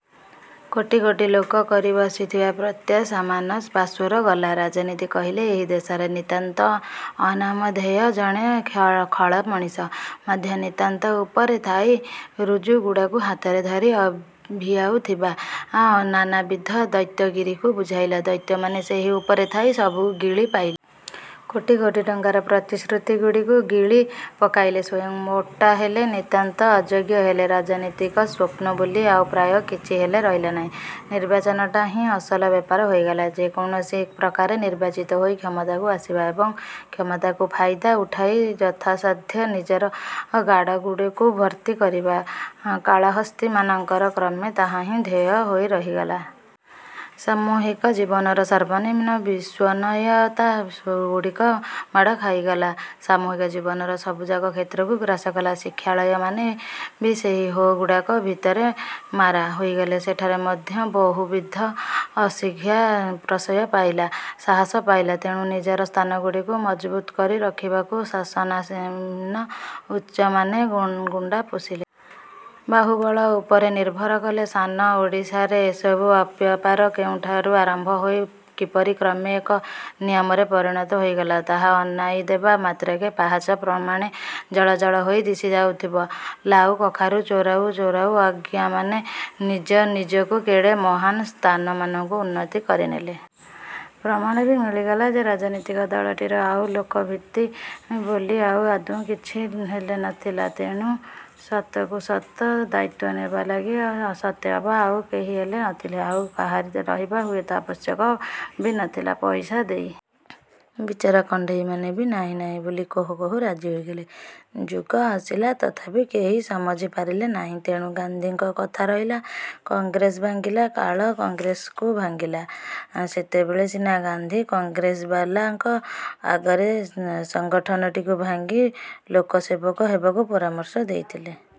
କୋଟି କୋଟି ଲୋକ କରି ବସିଥିବା ପ୍ରତ୍ୟାଶାମାନ ପାସୋର ଗଲା। ରାଜନୀତି କହିଲେ ଏହି ଦେଶରେ ନିତାନ୍ତ ଅନାମଧେୟ ଜଣେ ଖଳ ମଣିଷ ମଧ୍ୟ ନିତାନ୍ତ ଉପରେ ଥାଇ ରୁଜ୍ଜୁଗୁଡ଼ାକୁ ହାତରେ ଧରି ଭିଆଉଥିବା ନାନାବିଧ ଦୈତ୍ୟଗିରିକୁ ବୁଝାଇଲା। ଦୈତ୍ୟମାନେ ସେହି ଉପରେ ଥାଇ ସବୁ ଗିଳି ପାଇଲେ। କୋଟି କୋଟି ଟଙ୍କାର ପ୍ରତିଶ୍ରୁତିଗୁଡ଼ିକୁ ଗିଳି ପକାଇଲେ, ସ୍ଵୟଂ ମୋଟା ହେଲେ, ନିତାନ୍ତ ଅଯୋଗ୍ୟ ହେଲେ। ରାଜନୀତିକ ସ୍ୱପ୍ନ ବୋଲି ଆଉ ପ୍ରାୟ କିଛି ହେଲେ ରହିଲା ନାହିଁ। ନିର୍ବାଚନଟା ହିଁ ଅସଲ ବେପାର ହୋଇଗଲା। ଯେକୌଣସି ପ୍ରକାରେ ନିର୍ବାଚିତ ହୋଇ କ୍ଷମତାକୁ ଆସିବା ଏବଂ କ୍ଷମତାକୁ ଫାଇଦା ଉଠାଇ ଯଥାସାଧ୍ୟ ନିଜର ଗାଡ଼ଗୁଡିକୁ ଭର୍ତ୍ତି କରିବା କାଳହସ୍ତୀ ମାନଙ୍କର କ୍ରମେ ତାହାହିଁ ଧ୍ୟେୟ ହୋଇ ରହିଗଲା। ସାମୂହିକ ଜୀବନର ସର୍ବନିମ୍ନ ବିଶ୍ୱନୟତା ଗୁଡ଼ିକ ମାଡ଼ ଖାଇଗଲା, ସାମୂହିକ ଜୀବନର ସବୁଯାକ କ୍ଷେତ୍ରକୁ ଗ୍ରାସ କଲା। ଶିକ୍ଷାଳୟମାନେ ବି ସେହି ହୋ ଗୁଡ଼ାକ ଭିତରେ ମାରା ହୋଇଗଲେ। ସେଠାରେ ମଧ୍ୟ ବହୁବିଧ ଅଶିକ୍ଷା ପ୍ରଶ୍ରୟ ପାଇଲା, ସାହସ ପାଇଲା। ତେଣୁ, ନିଜର ସ୍ଥାନଗୁଡ଼ିକୁ ମଜବୁତ କରି ରଖିବାକୁ ଶାସନାସୀନ ଉଚ୍ଚମାନେ ଗୁଣ୍ଡା ପୋଷିଲେ। ବାହୁବଳ ଉପରେ ନିର୍ଭର କଲେ। ସାନ ଓଡ଼ିଶାରେ ଏସବୁ ଅବ୍ୟାପାର କେଉଁଠାରୁ ଆରମ୍ଭ ହୋଇ କିପରି କ୍ରମେ ଏକ ନିୟମରେ ପରିଣତ ହୋଇଗଲା ତାହା ଅନାଇଦେବା ମାତ୍ରକେ ପାହାଚ ପ୍ରମାଣେ ଜଳ ଜଳ ହୋଇ ଦିଶି ଯାଉଥିବ। ଲାଉ କଖାରୁ ଚୋରାଉ ଚୋରାଉ ଆଜ୍ଞାମାନେ ନିଜ ନିଜକୁ କେଡ଼େ ମହାନ୍ ସ୍ଥାନମାନଙ୍କୁ ଉନତିକରିନେଲେ। ପ୍ରମାଣ ବି ମିଳିଗଲା ଯେ ରାଜନୀତିକ ଦଳଟିର ଆଉ ଲୋକଭିତ୍ତି ବୋଲି ଆଉ ଆଦୌ କିଛି ହେଲେ ନଥିଲା। ତେଣୁ ସତକୁ ସତ ଦାୟିତ୍ୱ ନେବା ଲାଗି ସତେଅବା ଆଉ କେହିହେଲେ ନଥିଲେ, ଆଉ କାହାରି ରହିବା ହୁଏତ ଆବଶ୍ୟକ ବି ନଥିଲା। ପଇସା ଦେଇ ବିଚରା କଣ୍ଢେଇମାନେ ବି ନାହିଁ ନାହିଁ ବୋଲି କହୁ କହୁ ରାଜି ହୋଇଗଲେ। ଯୁଗ ହସିଲା, ତଥାପି କେହି ସମଝି ପାରିଲେ ନାହିଁ। ତେଣୁ ଗାନ୍ଧୀଙ୍କ କଥା ରହିଲା, କଂଗ୍ରେସ ଭାଙ୍ଗିଲା। କାଳ କଂଗ୍ରେସକୁ ଭାଙ୍ଗିଲା। ସେତେବେଳେ ସିନା ଗାନ୍ଧୀ କଂଗ୍ରେସବାଲାଙ୍କ ଆଗରେ ସଙ୍ଗଠନଟିକୁ ଭାଙ୍ଗି ଲୋକସେବକ ହେବାକୁ ପରାମର୍ଶ ଦେଇଥିଲେ।